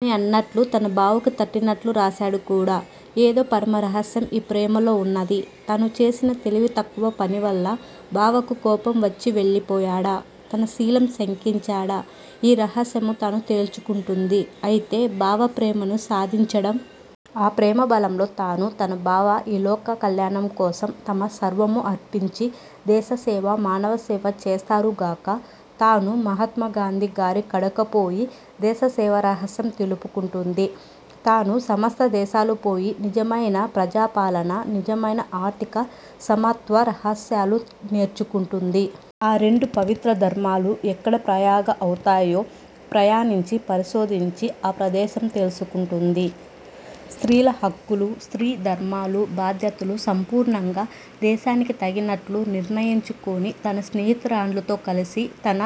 అని అన్నట్లు తన బావకు తట్టినట్లు రాశాడు కూడా! ఏదో పరమ రహస్యం ఈ ప్రేమలో ఉన్నది. తాను చేసిన తెలివి తక్కువ పనివల్ల బావకు కోపం వచ్చి వెళ్ళిపోయాడా? తన శీలం శంకించాడా? ఈ రహస్యమూ తాను తేల్చుకుంటుంది. అయితే బావ ప్రేమను సాధించడం? ఆ ప్రేమబలంలో తానూ తన బావా ఈ లోక కళ్యాణం కోసం తమ సర్వస్వమూ అర్పించి దేశసేవ, మానవ సేవ చేస్తారు గాక. తానూ మహాత్మాగాంధీగారి కడకు పోయి, దేశ సేవ రహస్యం తెలుపుకుంటుంది. తాను సమస్త దేశాలూ పోయి నిజమైన ప్రజాపాలన, నిజమైన ఆర్ధిక సమత్వ రహస్యాలు నేర్చుకుంటుంది. ఈ రెండు పవిత్ర ధర్మాలు ఎక్కడా ప్రయాగ అవుతాయో ప్రయాణించి పరిశోధించి ఆ ప్రదేశం తెలుసుకుంటుంది. స్త్రీల హక్కులూ, స్త్రీ ధర్మాలూ, బాధ్యతలూ సంపూర్ణంగా దేశానికి తగినట్లు నిర్ణయించుకొని తన స్నేహితురాండ్రతో కలిసి తాన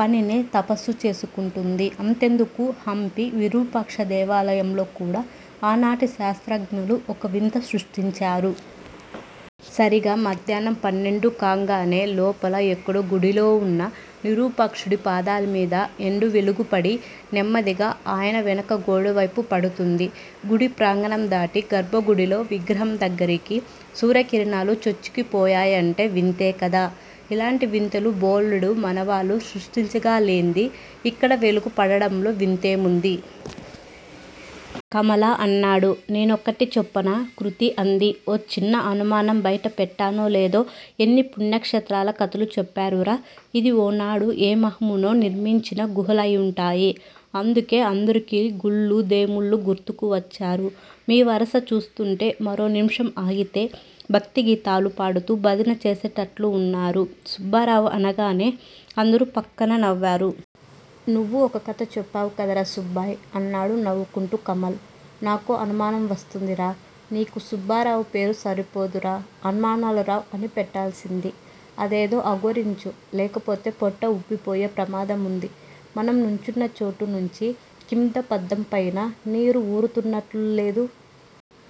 పనినే తపస్సు చేసుకుంటుంది. అంతెందుకు. హంపీ విరూపాక్షదేవాలయంలో కూడా ఆనాటి శాస్రజ్ఞలు ఒక వింత స్పష్టించారు. సరీగా మధ్యాహ్నం పన్నెండు కాంగానే లోపల ఎక్కడో గుడిలో వున్న నిరూపాక్షుడి పాదాలమీద ఎండ వెలుగుపడి నెమ్మదిగా అయన వెనుక గోడవైపు పడుతుంది. గుడి ప్రాగణందాటి గర్భగుడిలో విగ్రహం దగ్గరకి సూర్యకిరణాలు చొచ్చుకు పోయాయంటే వింతేకదా! ఇలాంటి వింతలు బోలెడు మన వాళ్ళు సృష్టించగాలేంది. ఇక్కడ వెలుగు పడటంలో వింతేముంది? కమల అన్నాడు. నేనొకటి చెప్పనా? కృతి అంది. ఓ చిన్న అనుమానం బైట పెట్టానో లేదో ఇన్ని పుణ్యక్షేత్రాల కధలు చెప్పారురా! ఇది ఓనాడు ఏ మహామునో నిర్మించిన గుహలాయివుంటాయి అందుకే అందరికీ గుళ్ళూ దేముళ్ళూ గుర్తుకు వచ్చారు మీ వరస చూస్తుంటే మరో నిమిషం ఆగితే భక్తీ గీతాలు పాడుతూ భజన చేసేటట్లు వున్నారు సుబ్బారావు అనగానే అందరూ ఫకన నవ్వారు. నువ్వూ ఓ కధ చెప్పావు కదరా సుబ్బాయ్! అన్నాడు నవ్వాపుకుంటూ కమల్. నాకో అనుమానం వస్తుందిరా! నీకు సుబ్బారావుపేరు సరిపోదురా అనుమానాలరావ్ అని పెట్టాల్సింది. అదేదో అఘోరించు లేకపోతే పొట్ట వుబ్బిపోయే ప్రమాదం వుంది. మనం నుంచున్న చోటు నుంచి కిమ్దపద్దాం పైన నీళ్ళు వూరు తున్నట్లులేదు.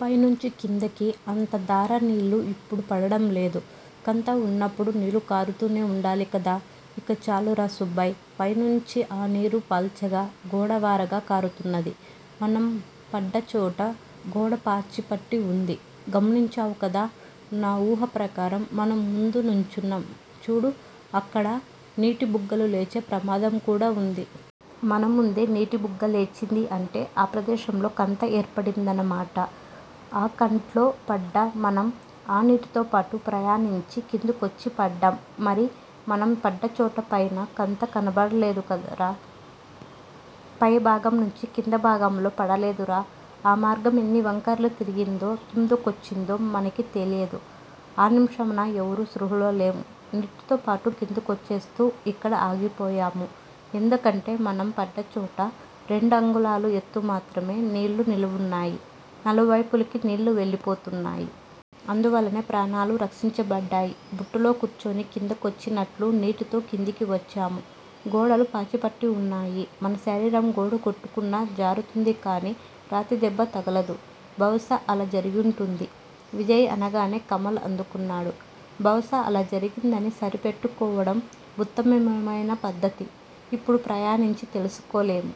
పైనుంచి కిందికి అంత ధారా నీళ్ళు ఇప్పుడు పడటంలేదు. కంతవున్నప్పుడు నీళ్ళు కారుతూనే వుండాలికదా? ఇంక చాలురా సుబ్బాయ్! పైనుంచి ఆ నీరు పల్చగా గోడవారగా కారుతున్నది. మనం పడ్డచోట గోడ పాచిపట్టి వుంది. గమనిచావ్ కదా! నా ఊహా ప్రకారం మనం ముందు నుంచున్నాం చూడు అక్కడ నీటిబుగ్గలు లేచే ప్రమాదంకూడా వుంది. మనముందే నీటి బుగ్గ లేచింది అంటే ఆ ప్రదేశంలో కంత ఏర్పడిందన్నమాట. ఆ కంట్లోపడ్డ మనం ఆ నీటితోపాటు ప్రయాణించి కిందకొచ్చి పడ్డాం. మరి మనం పడ్డచోట పైన కంత కనబడలేదుకదురా! పై భాగంనుంచి కిందభాగంలో పడలేదురా! ఆ మార్గం ఎన్ని వంకర్లు తిరిగి కింది వచ్చిందో మనకి తెలియదు ఆ నిముషాన ఎవరము స్పృహాలోలేము నీటితోపాటు కిందకొచ్చేస్తూ ఇక్కడ ఆగిపోయాము ఎందుకంటే మనం పడ్డచోట రెండంగుళాలు ఎత్తుమాత్రమె నీళ్ళు నిలవవున్నాయి నలువైపులకి నీళ్ళు వెళ్ళిపోతున్నాయి. అందువల్లనే ప్రాణాలు రక్షింపబడ్డాయి. బుట్టలో కూర్చుని కింద కొచ్చి నట్టు నీటితో కిందికి వచ్చాము గోడలు పాచిపట్టి వున్నాయి మన శరీరం గోడకొట్టుకున్నా జారుతుందికాని రాతిదెబ్బ తగలదు. బహుశా అలా జరుగివుంటుంది. విజయ్ అనంగానే కమల అందుకున్నాడు. బహుశా అలా జరిగిందని సరిపెట్టుకోవడం వుత్తమోత్తమైన పద్దతి. ఇప్పుడు ప్రయాణించి తెలుసుకోలెము